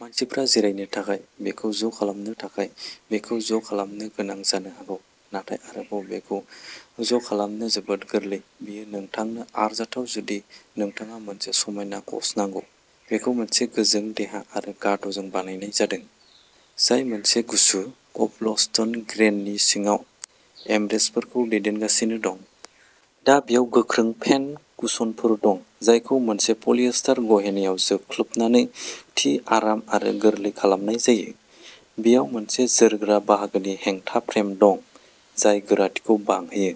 मानसिफ्रा जिरायनो थाखाय। बेखौ ज'खालामनो थाखाय, बेखौ ज'खालामनो गोनां जानो हागौ, नाथाय आरोबाव बेखौ ज'खालामनो जोबोद गोरलै। बेयो नोंथांनो आरजाथाव जुदि नोंथाङा मोनसे समायना कच नांगौ। बेखौ मोनसे गोजों देहा आरो गाद'जों बानायनाय जादों, जाय मोनसे गुसु क'ब्लस्टन ग्रेनि सिङाव एमरेस्टफोरखौ दैदेनगासिनो दं। दा, बेयाव गोख्रों फेन कुशनफोर दं, जायखौ मोनसे पलिएस्टार गहेनाआव जोख्लोबनानै थि आराम आरो गोरलै खालामनाय जायो। बेयाव मोनसे जोरग्रा बाहागोनि हेंथा फ्रेम दं, जाय गोराथिखौ बांहोयो।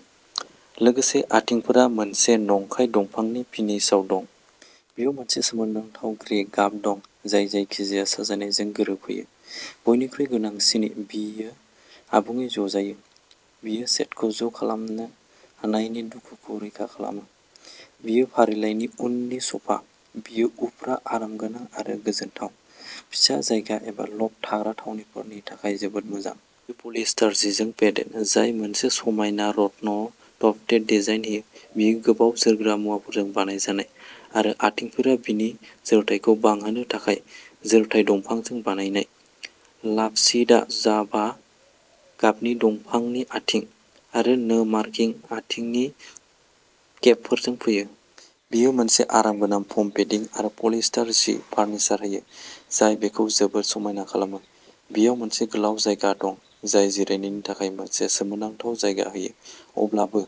लोगोसे, आथिंफोरा मोनसे नंखाय दंफांनि फिनिशआव दं। बेयाव मोनसे सोमोनांथाव ग्रे गाब दं, जाय जायखिजाया साजायनायजों गोरोबहोयो। बयनिख्रुइबो गोनांसिनै, बियो आबुङै ज'जायो। बियो सेटखौ ज'खालामनो हानायनि दुखुखौ रैखा खालामा। बेयो फारिलाइनि उननि स'फा। बेयो उफ्रा आरामगोनां आरो गोजोनथाव। फिसा जायगा एबा लफ्ट थाग्रा थावनिफोरनि थाखाय जोबोद मोजां। बेयो पलिएस्टार जिजों पेडेड, जाय मोनसे समायना रत्न-टफ्टेड डिजाइन होयो। बेयो गोबाव जोरग्रा मुवाफोरजों बानायजानाय आरो आथिंफोरा बिनि जोरथाइखौ बांहोनो थाखाय जोरथाय दंफांजों बानायनाय। लाभसीटआ जाभा गाबनि दंफांनि आथिं आरो नो मार्किं आथिंनि केपफोरजों फैयो। बेयो मोनसे आरामगोनां फम पेडिं आरो पलिएस्टार जि फार्निचार होयो जाय बेखौ जोबोद समायना खालामो। बेयाव मोनसे गोलाव जायगा दं जाय जिरायनायनि थाखाय मोनसे सोमोनांथाव जायगा होयो। अब्लाबो,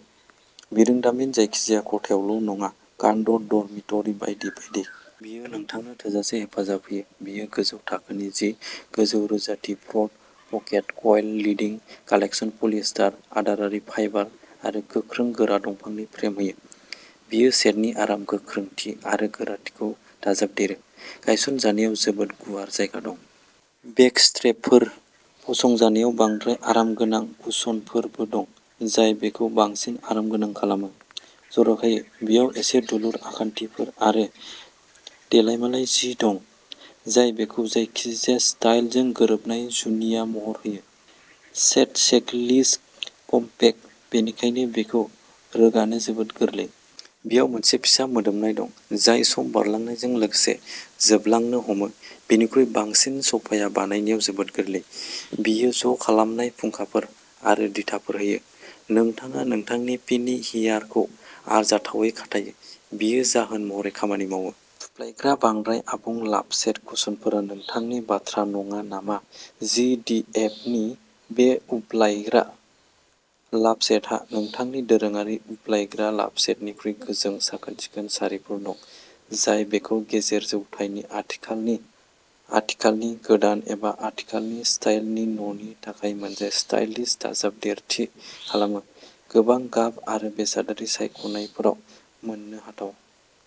बिरोंदामिन जायखिजाया खथायावल' नङा कान्ड', ड'रमिटरि बायदि बायदि। बेयो नोंथांनो थोजासे हेफाजाब होयो। बेयो गोजौ थाखोनि जि, गोजौ रोजाथि फ्र'थ pocket coil, leading collection polyester आदारारि फाइबार आरो गोख्रों गोरा दंफांनि फ्रेम होयो। बेयो सेटनि आराम, गोख्रोंथि आरो गोराथिखौ दाजाबदेरो। गायसनजानायाव जोबोद गुवार जायगा दं। बेक स्ट्रेपफोर। फसंजानायाव बांद्राय आरामगोनां कुशनफोरबो दं, जाय बेखौ बांसिन आरामगोनां खालामो। जर'खायै, बेयाव एसे दुलुर आखान्थिफोर आरो देलायमालाय जि दं, जाय बेखौ जायखिजाया स्टाइलजों गोरोबनाय जुनिया महर होयो। सेट चेकलिस्ट कम्पक्ट, बेनिखायनो बेखौ रोगानो जोबोद गोरलै। बेयाव मोनसे फिसा मोदोमनाय दं, जाय सम बारलांनायजों लोगोसे जोबलांनो हमो। बेनिख्रुइबो बांसिन, सोफाया बानायनायाव जोबोद गोरलै। बेयो ज'खालामनाय फुंखाफोर आरो दिथाफोर होयो। नोंथाङा नोंथांनि पेनि हियारखौ आरजाथावै खाथायो। बेयो जाहोन महरै खामानि मावो। फुफ्लायग्रा, बांद्राय आबुं लाभसेट कुशनफोरा नोंथांनि बाथ्रा नङा नामा जि दि एफ नि बे उब्लायग्रा लाभसेटहा नोंथांनि दोरोङारि उब्लायग्रा लाभसेटनिख्रुइ गोजों, साखोन-सिखोन सारिफोर दं, जाय बेखौ गेजेर जौथाइनि आथिखालनि, आथिखालनि, गोदान एबा आथिखालनि स्टाइलनि न'नि थाखाय मोनसे स्टाइलिश दाजाबदेरथि खालामो। गोबां गाब आरो बेसादारि सायख'नायफोराव मोननो हाथाव।